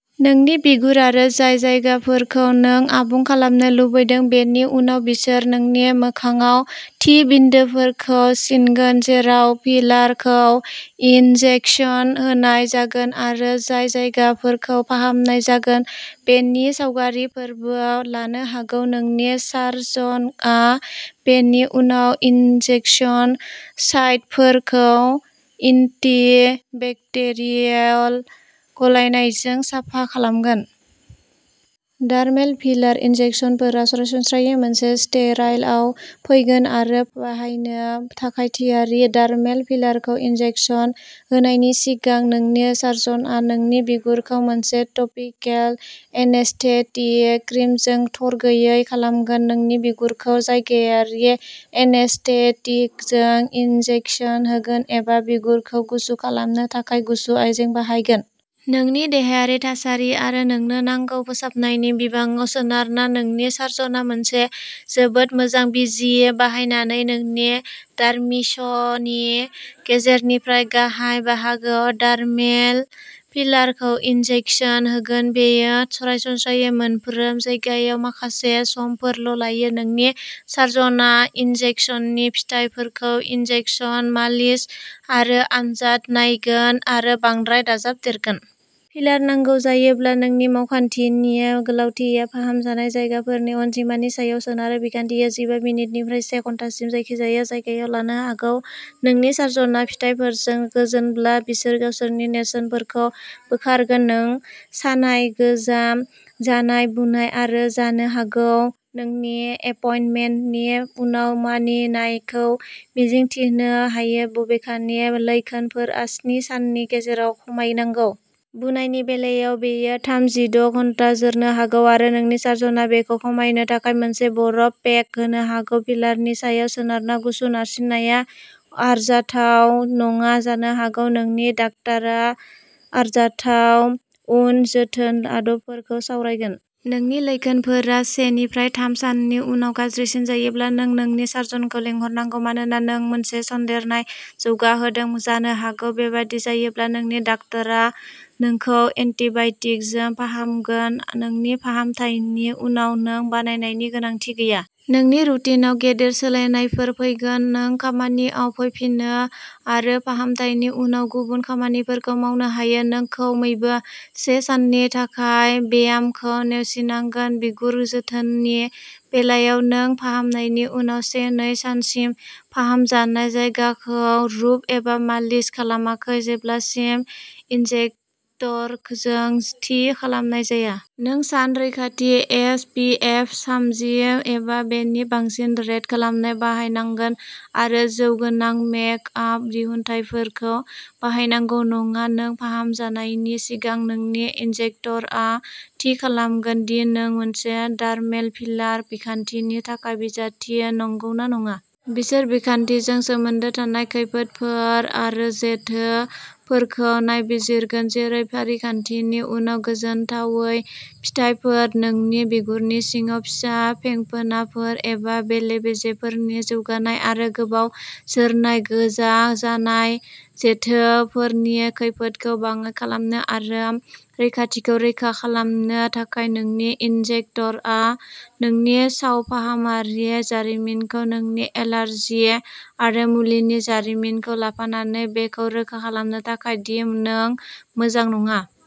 नोंनि बिगुर आरो जाय जायगाफोरखौ नों आबुं खालामनो लुबैदों। बेनि उनाव बिसोर नोंनि मोखांआव थि बिन्दोफोरखौ सिनगोन जेराव फिलारखौ इनजेकसन होनाय जागोन आरो जाय जायगाफोरखौ फाहामनाय जागोन बेनि सावगारिफोरबो लानो हागौ। नोंनि सार्जनआ बेनि उनाव इनजेकसन साइटफोरखौ एन्टिबेक्टेरियल गलायनायजों साफा खालामगोन। डार्मेल फिलार इनजेकसनफोरा सरासनस्रायै मोनसे स्टेराइलआव फैगोन आरो बाहायनो थाखाय थियारि। डार्मेल फिलारखौ इनजेकसन होनायनि सिगां, नोंनि सार्जनआ नोंनि बिगुरखौ मोनसे टपिकेल एनेस्थेटिक क्रिमजों थरगैयै खालामगोन। नोंनि बिगुरखौ जायगायारि एनेस्थेटिकजों इनजेकसन होगोन एबा बिगुरखौ गुसु खालामनो थाखाय गुसु आइजें बाहायगोन। नोंनि देहायारि थासारि आरो नोंनो नांगौ फोसाबनायनि बिबाङाव सोनारना, नोंनि सार्जनआ मोनसे जोबोद मोजां बिजि बाहायनानै नोंनि डार्मिसनि गेजेरनिफ्राय गाहाय बाहागोआव डार्मेल फिलारखौ इनजेकसन होगोन। बेयो सरासनस्रायै मोनफ्रोम जायगायाव माखासे समफोरल'लायो। नोंनि सार्जनआ इनजेकसननि फिथायफोरखौ इनजेकसन, मालिस आरो आनजाद नायगोन आरो बांद्राय दाजाबदेरगोन। फिलार नांगौ जायोब्ला। नोंनि मावखान्थिनि गोलावथिया फाहामजानाय जायगाफोरनि अनजिमानि सायाव सोनारो। बिखान्थिया जिबा मिनिटनिफ्राय से घन्टासिम जायखिजाया जायगायाव लानो हागौ। नोंनि सार्जनआ फिथायफोरजों गोजोनब्ला, बिसोर गावसोरनि नेरसोनफोरखौ बोखारगोन। नों सानाय, गोजा जानाय, बुनाय आरो जानो हागौ नोंनि एपइन्टमेन्टनि उनाव मानिनायखौ मिजिंथिनो हायो बबेखानि लैखोनफोरा स्नि साननि गेजेराव खमायनांगौ। बुनायनि बेलायाव बेयो थाम जिद' घन्टा जोरनो हागौ आरो नोंनि सार्जनआ बेखौ खमायनो थाखाय मोनसे बरफ पेक होनो हागौ। फिलारनि सायाव सोनारना गुसु नारसिननाया आरजाथाव नङा जानो हागौ। नोंनि डाक्टारआ आरजाथाव उन जोथोन आदबफोरखौ सावरायगोन। नोंनि लैखोनफोरा से निफ्राय थाम साननि उनाव गाज्रिसिन जायोब्ला नों नोंनि सार्जनखौ लिंहरनांगौ मानोना नों मोनसे सन्देरनाय जौगाहोदों जानो हागौ। बेबादि जायोब्ला नोंनि डाक्टारआ नोंखौ एन्टिबाय'टिकजों फाहामगोन। नोंनि फाहामथायनि उनाव नों बानायनायनि गोनांथि गैया। नोंनि रुटिनआव गेदेर सोलायनायफोर फैगोन। नों खामानियाव फैफिनो आरो फाहामथायनि उनाव गुबुन खामानिफोरखौ मावनो हायो। नों खमैबो से साननि थाखाय ब्यामखौ नेवसिनांगोन। बिगुर जोथोननि बेलायाव नों फाहामनायनि उनाव से-नै सानसिम फाहामजानाय जायगाखौ रुब एबा मालिस खालामाखै जेब्लासिम इन्जेक्टरजों थि खालामनाय जाया। नों सान रैखाथि एस. पि. एफ. थामजि एबा बेनि बांसिन रेट खालामनाय बाहायनांगोन आरो जौ गोनां मेकआप दिहुनथायफोरखौ बाहायनांगौ नङा। नों फाहामजानायनि सिगां नोंनि इन्जेक्टरआ थि खालामगोन दि नों मोनसे डार्मेल फिलार बिखान्थिनि थाखाय बिजाथि नंगौना नङा। बिसोर बिखान्थिजों सोमोन्दो थानाय खैफोदफोर आरो जेथोफोरखौ नायबिजिरगोन। जेरै फारिखान्थिनि उनाव गोजोनथावै फिथायफोर नोंनि बिगुरनि सिङाव फिसा फेंफोनाफोर एबा बेले-बेजेफोरनि जौगानाय आरो गोबाव जोरनाय गोजा जानाय। जेथोफोरनि खैफोदखौ बाङाइ खालामनो आरो रैखाथिखौ रोखा खालामनो थाखाय नोंनि इन्जेक्टरआ नोंनि सावफाहामारि जारिमिनखौ नोंनि एलार्जि आरो मुलिनि जारिमिनखौ लाफानानै, बेखौ रोखा खालामनो थाखाय दि नों मोजां नङा।